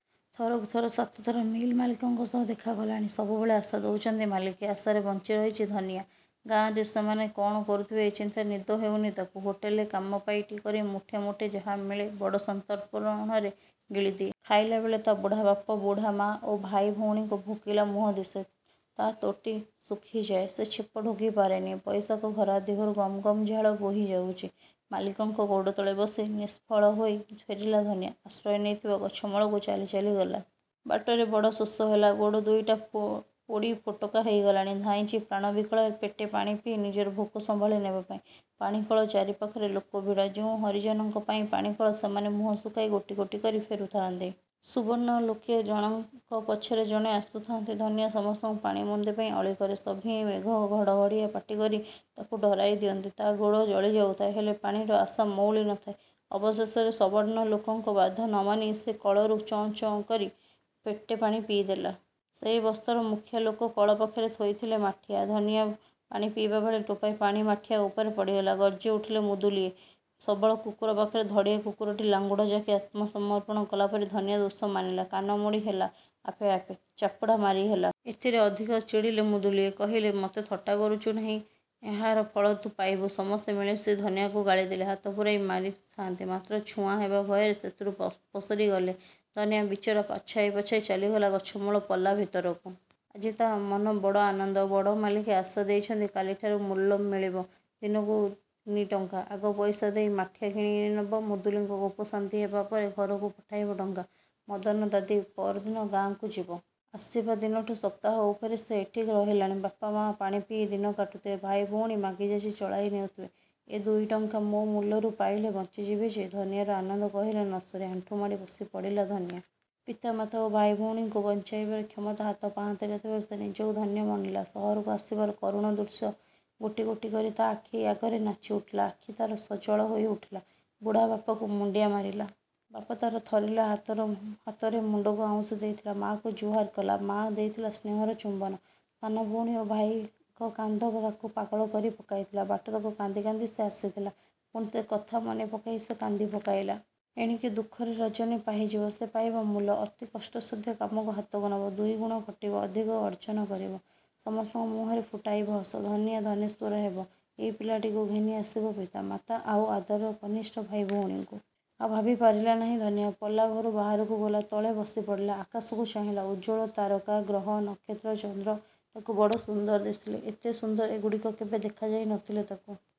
ଥରକୁ ଥର ସାତଥର ମିଲ ମାଲିକଙ୍କ ସହ ଦେଖା କଲାଣି। ସବୁବେଳେ ଆଶା ଦଉଛନ୍ତି ମାଲିକେ। ଆଶାରେ ବଞ୍ଚିରହିଚି ଧନିଆ। ଗାଁ'ରେ ସେମାନେ କ'ଣ କରୁଥିବେ ଏ ଚିନ୍ତାରେ ନିଦ ହେଉନି ତାକୁ। ହୋଟେଲରେ କାମ ପାଇଟି କରି ମୁଠେ ମୁଠେ ଯାହା ମିଳେ ବଡ଼ ସନ୍ତର୍ପଣରେ ଗିଳିଦିଏ। ଖାଇଲାବେଳେ ତା ବୁଢ଼ାବାପ, ବୁଢ଼ୀମା ଓ ଭାଇ ଭଉଣୀଙ୍କ ଭୋକିଲା ମୁହଁ ଦିଶେ। ତା ତୋଟି ଶୁଖିଯାଏ। ସେ ଛେପ ଢୋକି ପାରେନି। ବଇଶାଖ ଖରା। ଦିହରୁ ଗମ୍ ଗମ୍ ଝାଳ ବହିଯାଉଚି। ମାଲିକଙ୍କ ଗୋଡ଼ତଳେ ବସି ବସି ନିଷ୍ଫଳ ହୋଇ ଫେରିଲା ଧନିଆଁ। ଆଶ୍ରୟ ନେଇଥିବା ଗଛ ମୂଳକୁ ଚାଲି ଚାଲି ଗଲା। ବାଟରେ ବଡ଼ ଶୋଷ ହେଲା। ଗୋଡ଼ ଦୁଇଟା ପୋଡ଼ି ଫୋଟକା ହେଇଗଲାଣି। ଧାଇଁଚି ପ୍ରାଣ ବିକଳରେ ପେଟେ ପାଣି ପିଇ ନିଜର ଭୋକ ସମ୍ଭାଳି ନେବାପାଇଁ। ପାଣି କଳ ଚାରି ପାଖରେ ଲୋକ ଭିଡ଼। ଯେଉଁ ହରିଜନଙ୍କ ପାଇଁ ପାଣିକଳ, ସେମାନେ ମୁହଁ ଶୁଖାଇ ଗୋଟି ଗୋଟି କରି ଫେରୁଥାଆନ୍ତି। ସବର୍ଣ୍ଣ ଲୋକେ ଜଣଙ୍କ ପଛରେ ଜଣେ ଆସୁଥାଆନ୍ତି। ଧନିଆ ସମସ୍ତଙ୍କୁ ପାଣି ମୁନ୍ଦେ ପାଇଁ ଅଳି କରେ। ସଭିଏ ମେଘ ଘଡ଼ଘଡ଼ିଆ ପାଟି କରି ତାକୁ ଡରାଇ ଦିଅନ୍ତି। ତା ଗୋଡ଼ ଜଳି ଯାଉଥାଏ; ହେଲେ ପାଣିର ଆଶା ମଉଳି ନ ଥାଏ। ଅବଶେଷରେ ସବର୍ଣ୍ଣ ଲୋକଙ୍କ ବାଧା ନ ମାନି ସେ କଳରୁ ଚଁ ଚଁ କରି ପେଟେ ପାଣି ପିଇଦେଲା। ସେହି ବସ୍ତିର ମୁଖିଆ ଲୋକ କଳ ପାଖରେ ଥୋଇଥିଲେ ମାଠିଆ। ଧନିଆ ପାଣି ପିଇବାବେଳେ ଟୋପାଏ ପାଣି ମାଠିଆ ଉପରେ ପଡ଼ିଗଲା। ଗର୍ଜି ଉଠିଲେ ମୁଦୁଲିଏ। ସବଳ କୁକୁର ପାଖରେ ଧଡ଼ିଆ କୁକୁରଟି ଲାଙ୍ଗୁଡ଼ ଜାକି ଆତ୍ମସମର୍ପଣ କଲାପରି ଧନିଆ ଦୋଷ ମାନିଲା। କାନ ମୋଡ଼ି ହେଲା ଆପେ ଆପେ; ଚାପୁଡ଼ା ମାରିହେଲା। ଏଥିରେ ଅଧିକ ଚିଡ଼ିଲେ ମୁଦୁଲିଏ। କହିଲେ—ମତେ ଥଟ୍ଟା କରୁଚୁ ନାହିଁ? ଏହାର ଫଳ ତୁ ପାଇବୁ। ସମସ୍ତେ ମିଳିମିଶି ଧନିଆକୁ ଗାଳିଦେଲେ। ହାତ ପୁରାଇ ମାରି ଥାଆନ୍ତେ; ମାତ୍ର ଛୁଆଁ ହେବା ଭୟରେ ସେଥିରୁ ଅପସରି ଗଲେ। ଧନିଆ ବିଚରା ପଛାଇ ପଛାଇ ଚାଲିଗଲା ଗଛ ମୂଳ ପଲା ଭିତରକୁ। ଆଜି ତା ମନ ବଡ଼ ଆନନ୍ଦ। ବଡ଼ ମାଲିକେ ଆଶା ଦେଇଛନ୍ତି। କାଲିଠାରୁ ମୂଲ ମିଳିବ। ଦିନକୁ ତିନି ଟଙ୍କା। ଆଗ ପଇସା ଦେଇ ମାଠିଆ କିଣେଇ ନବ। ମୁଦୁଲିଙ୍କ କୋପ ଶାନ୍ତି ହେବା ପରେ ଘରକୁ ପଠାଇବ ଟଙ୍କା। ମଦନ ଦାଦି ପଅରଦିନ ଗାଁକୁ ଯିବ। ଆସିବା ଦିନଠୁ ହପ୍ତାକ ଉପରେ ସେ ଏଠି ରହିଲାଣି। ବାପ ମା ପାଣିପିଇ ଦିନ କାଟୁଥିବେ। ଭାଇ ଭଉଣୀ ମାଗି ଯାଚି ଚଳାଇ ନେଉଥିବେ। "ଏ ଦୁଇଟଙ୍କା ମୋ ମୂଲରୁ ପାଇଲେ ବଞ୍ଚିଯିବେ ଯେ! " ଧନିଆର ଆନନ୍ଦ କହିଲେ ନ ସରେ। ଆଣ୍ଠୁମାଡ଼ି ବସି ପଡ଼ିଲା ଧନିଆ। ପିତା ମାତା ଓ ଭାଇ ଭଉଣୀଙ୍କୁ ବଞ୍ଚାଇବାର କ୍ଷମତା ହାତ ପାହାନ୍ତିରେ ଥିବାରୁ ଯେ ନିଜକୁ ଧନ୍ୟ ମଣିଲା, ସହରକୁ ଆସିବାର କରୁଣ ଦୃଶ୍ୟ ଗୋଟି ଗୋଟି କରି ତା ଆଖି ଆଗରେ ନାଚି ଉଠିଲା। ଆଖି ତାର ସଜଳ ହୋଇ ଉଠିଲା। ବୁଢ଼ା ବାପକୁ ମୁଣ୍ତିଆ ମାରିଲା। ବାପ ତାର ଥରିଲା ହାତରେ ମୁଣ୍ତକୁ ଆଉଁସି ଦେଇଥିଲା-। ମା'କୁ ଜୁହାର ହେଲା। ମା ଦେଇଥିଲା ସ୍ନେହର ଚୁମ୍ବନ। ସାନ ଭଉଣୀ ଓ ଭାଇଙ୍କ କାନ୍ଦ ତାକୁ ପାଗଳ କରି ପକାଇଥିଲା। ବାଟତକ କାନ୍ଦି କାନ୍ଦି ସେ ଆସିଥିଲା। ପୁଣି ସେ କଥା ମନେ ପକାଇ ସେ କାନ୍ଦି ପକାଇଲା। ଏଣିକି ଦୁଃଖର ରଜନୀ ପାହିଯିବ। ସେ ପାଇବ ମୂଲ। ଅତି କଷ୍ଟସାଧ୍ୟ କାମକୁ ହାତକୁ ନେବ। ଦୁଇଗୁଣ ଖଟିବ। ଅଧିକ ଅର୍ଜନ କରିବ। ସମସ୍ତଙ୍କ ମୁହଁରେ ଫୁଟାଇବ ହସ। ଧନିଆ ଧନେଶ୍ୱର ହେବ। ଏଇ ପଲାଟିକୁ ଘେନି ଆସିବ ପିତା, ମାତା ଆଉ ଆଦରର କନିଷ୍ଟ ଭାଇ ଭଉଣୀଙ୍କୁ। ଆଉ ଭାବି ପାରିଲା ନାହିଁ ଧନିଆ। ପଲା ଘରୁ ବାହାରକୁ ଗଲା-। ତଳେ ବସିପଡ଼ିଲା। ଆକାଶକୁ ଚାହିଁଲା। ଉଜ୍ଜ୍ୱଳ ତାରକା, ଗ୍ରହ, ନକ୍ଷତ୍ର, ଚନ୍ଦ୍ର ତାକୁ ବଡ଼ ସୁନ୍ଦର ଦିଶିଲେ-। ଏତେ ସୁନ୍ଦର ଏଗୁଡ଼ିକ କେବେ ଦେଖାଯାଇ ନ ଥିଲେ ତାକୁ।